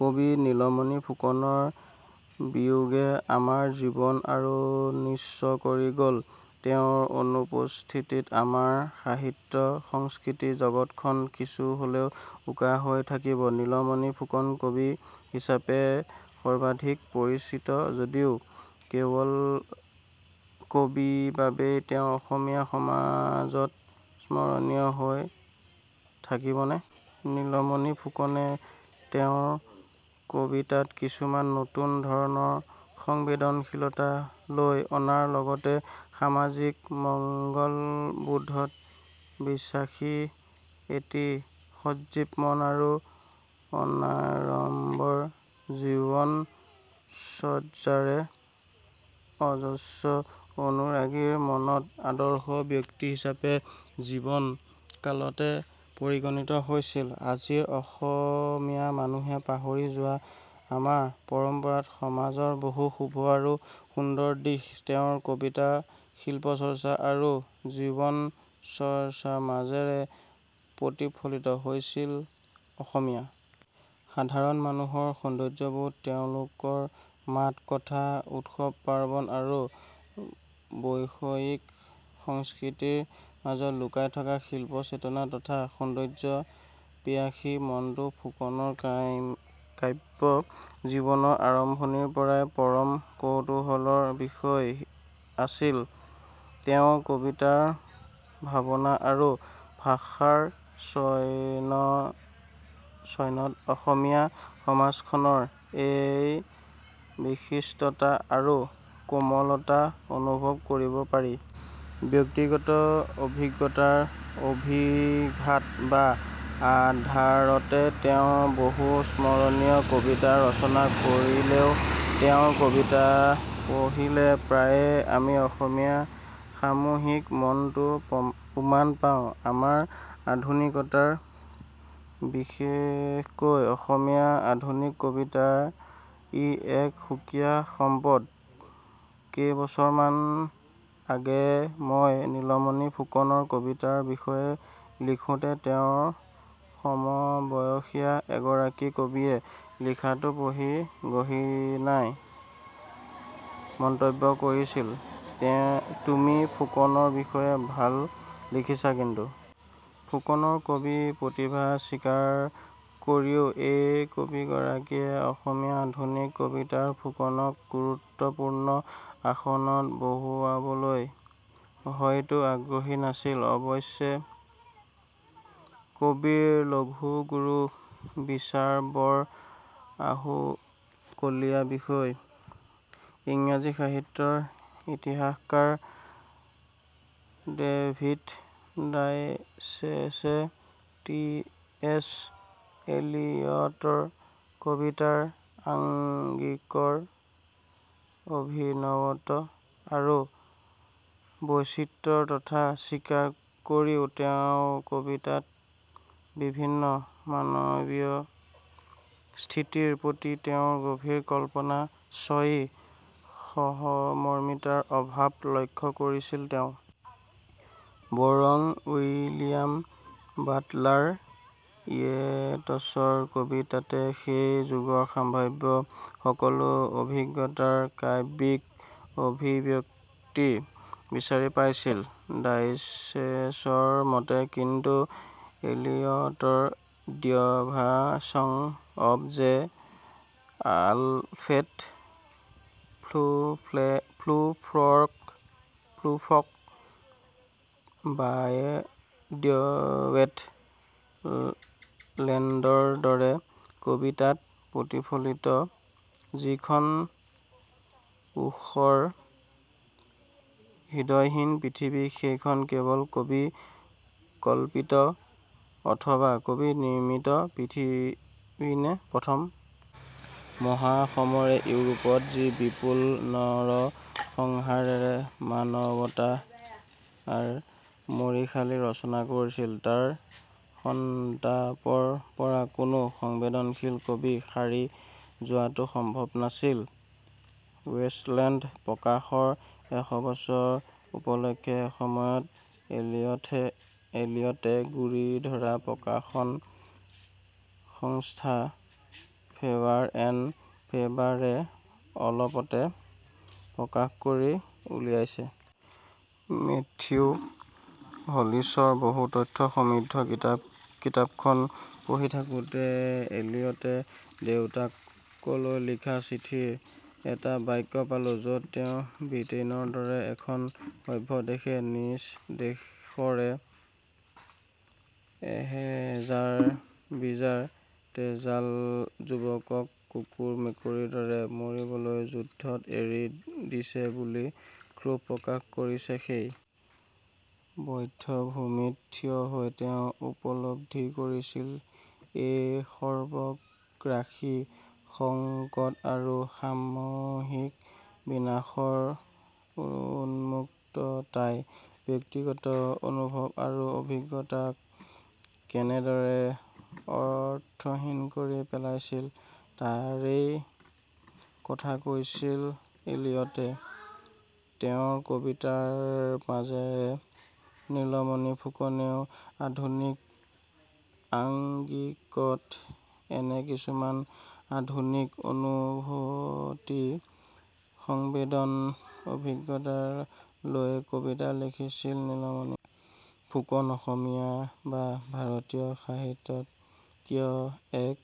কবি নীলমণি ফুকনৰ বিয়োগে আমাৰ জীৱন আৰু নিঃস্ব কৰি গ'ল। তেওঁৰ অনুপস্থিতিত আমাৰ সাহিত্য সংস্কৃতি জগতখন কিছু হ'লেও উকা হৈ থাকিব। নীলমণি ফুকন কবি হিচাপে সৰ্বাধিক পৰিচিত যদিও কেৱল কবি বাবেই তেওঁ অসমীয়া সমাজত স্মৰণীয় হৈ থাকিবনে? নীলমণি ফুকনে তেওঁৰ কবিতাত কিছুমান নতুন ধৰণৰ সংবেদনশীলতা লৈ অনাৰ লগতে সামাজিক মংগলবোধত বিশ্বাসী এটি সজীৱ মন আৰু অনাড়ম্বৰ জীৱনচৰ্যাৰে অজস্ৰ অনুৰাগীৰ মনত আদৰ্শ ব্যক্তি হিচাপে জীৱনকালতে পৰিগণিত হৈছিল। আজিৰ অসমীয়া মানুহে পাহৰি যোৱা আমাৰ পৰম্পৰাগত সমাজৰ বহু শুভ আৰু সুন্দৰ দিশ তেওঁৰ কবিতা শিল্প চৰ্চা আৰু জীৱনচৰ্যাৰ মাজেৰে প্ৰতিফলিত হৈছিল। অসমীয়া সাধাৰণ মানুহৰ সৌন্দৰ্যবোধ তেওঁলোকৰ মাত কথা উৎসৱ-পাৰ্বন আৰু বৈষয়িক সংস্কৃতিৰ মাজত লুকাই থকা শিল্প চেতনা তথা সৌন্দৰ্য পিয়াসী মনটো ফুকনৰ কাব্য জীৱনৰ আৰম্ভণিৰ পৰাই পৰম কৌতূহলৰ বিষয় আছিল। তেওঁৰ কবিতাৰ ভাবনা আৰু ভাষাৰ চয়নত অসমীয়া সমাজখনৰ এই বিশিষ্টতা আৰু কোমলতা অনুভৱ কৰিব পাৰি। ব্যক্তিগত অভিজ্ঞতাৰ অভিঘাত বা আধাৰতে তেওঁ বহু স্মৰণীয় কবিতা ৰচনা কৰিলেও তেওঁৰ কবিতা পঢ়িলে প্ৰায়ে আমি অসমীয়া সামূহিক মনটোৰ উমান পাওঁ। আমাৰ আধুনিকতাৰ বিশেষকৈ অসমীয়া আধুনিক কবিতাৰ ই এক সুকীয়া সম্পদ। কেইবছৰমান আগেয়ে মই নীলমণি ফুকনৰ কবিতাৰ বিষয়ে লিখোঁতে তেওঁৰ সমবয়সীয়া এগৰাকী কবিয়ে লেখাটো পঢ়ি গহীনাই মন্তব্য কৰিছিল, তুমি ফুকনৰ বিষয়ে ভাল লিখিছা। কিন্তু ফুকনৰ কবি প্ৰতিভা স্বীকাৰ কৰিও এই কবিগৰাকীয়ে অসমীয়া আধুনিক কবিতাত ফুকনক গুৰুত্বপূৰ্ণ আসনত বহুৱাবলৈ হয়তো আগ্ৰহী নাছিল। অৱশ্যে কবিৰ লঘুগুৰু বিচাৰ বৰ আহুকলীয়া বিষয়। ইংৰাজী সাহিত্যৰ ইতিহাসকাৰ ডেভিড ডায়েচেছে টি এছ এলিয়টৰ কবিতাৰ আংগিকৰ অভিনৱত্ব আৰু বৈচিত্ৰ্যৰ কথা স্বীকাৰ কৰিও তেওঁৰ কবিতাত বিভিন্ন মানবীয় স্থিতিৰ প্ৰতি তেওঁৰ গভীৰ কল্পনা শ্ৰয়ী সহমৰ্মিতাৰ অভাৱ লক্ষ্য কৰিছিল। তেওঁ বৰং উইলিয়াম বাটলাৰ ইয়েটছৰ কবিতাতে সেই যুগৰ সম্ভাব্য সকলো অভিজ্ঞতাৰ কাব্যিক অভিব্যক্তি বিচাৰি পাইছিল। ডায়েচেছৰ মতে কিন্তু এলিয়টৰ the love song of J Alfred Prufrock বা দ্য ৱেষ্ট লেণ্ডৰদৰে কবিতাত প্ৰতিফলিত যিখন ঊষৰ হৃদয়হীন পৃথিৱী সেইখন কেৱল কবি কল্পিত অথবা কবি নিৰ্মিত পৃথিৱীনে ।প্ৰথম মহাসমৰে ইউৰোপত যি বিপুল নৰসংহাৰেৰে মানবতাৰ মৰিশালী ৰচনা কৰিছিল ,তাৰ সন্তাপৰ পৰা কোনো সংবেদনশীল কবি সাৰি যোৱাটো সম্ভৱ নাছিল। ৱেষ্ট লেণ্ড প্ৰকাশৰ এশবছৰ উপলক্ষে এসময়ত এলিয়টে গুৰি ধৰা প্ৰকাশন সংস্থা ফেবাৰ এণ্ড ফেবাৰে অলপতে প্ৰকাশ কৰি উলিয়াইছে। মেথিউ হলিছৰ বহু তথ্য সমৃদ্ধ কিতাপ কিতাপখন পঢ়ি থাকোঁতে এলিয়টে দেউতাকলৈ লিখা চিঠিৰ এটা বাক্য পালোঁ, য'ত তেওঁ বৃটেইনৰ দৰে এখন সভ্য দেশে নিজ দেশৰে হেজাৰ-বিজাৰ তেজাল যুৱকক কুকুৰ-মেকুৰীৰ দৰে মৰিবলৈ যুদ্ধত এৰি দিছে বুলি ক্ষোভ প্ৰকাশ কৰিছে। সেই বধ্যভূমিত থিয় হৈ তেওঁ উপলব্ধি কৰিছিল, এই সৰ্বগ্ৰাসী সংকট আৰু সামূহিক বিনাশৰ উন্মত্ততাই ব্যক্তিগত অনুভৱ আৰু অভিজ্ঞতাক কেনেদৰে অৰ্থহীন কৰি পেলাইছিল তাৰেই কথা কৈছিল এলিয়টে ।তেওঁৰ কবিতাৰ মাজেৰে নীলমণি ফুকনেও আধুনিক আংগিকত এনে কিছুমান আধুনিক অনুভতি সংবেদন অভিজ্ঞতাক লৈয়ে কবিতা লিখিছিল। নীলমণি ফুকন অসমীয়া বা ভাৰতীয় সাহিত্যত কিয় এক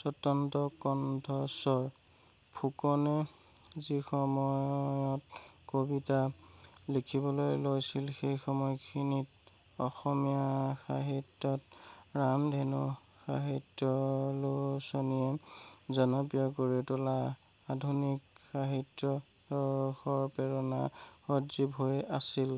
স্বতন্ত্ৰ কন্ঠস্বৰ ?ফুকনে যি সময়ত কবিতা লিখিবলৈ লৈছিল সেই সময়খিনিত অসমীয়া সাহিত্যত ৰামধেনু সাহিত্যালোচনীয়ে জনপ্ৰিয় কৰি তোলা আধুনিক সাহিত্যাদৰ্শৰ প্ৰেৰণা সজীৱ হৈ আছিল।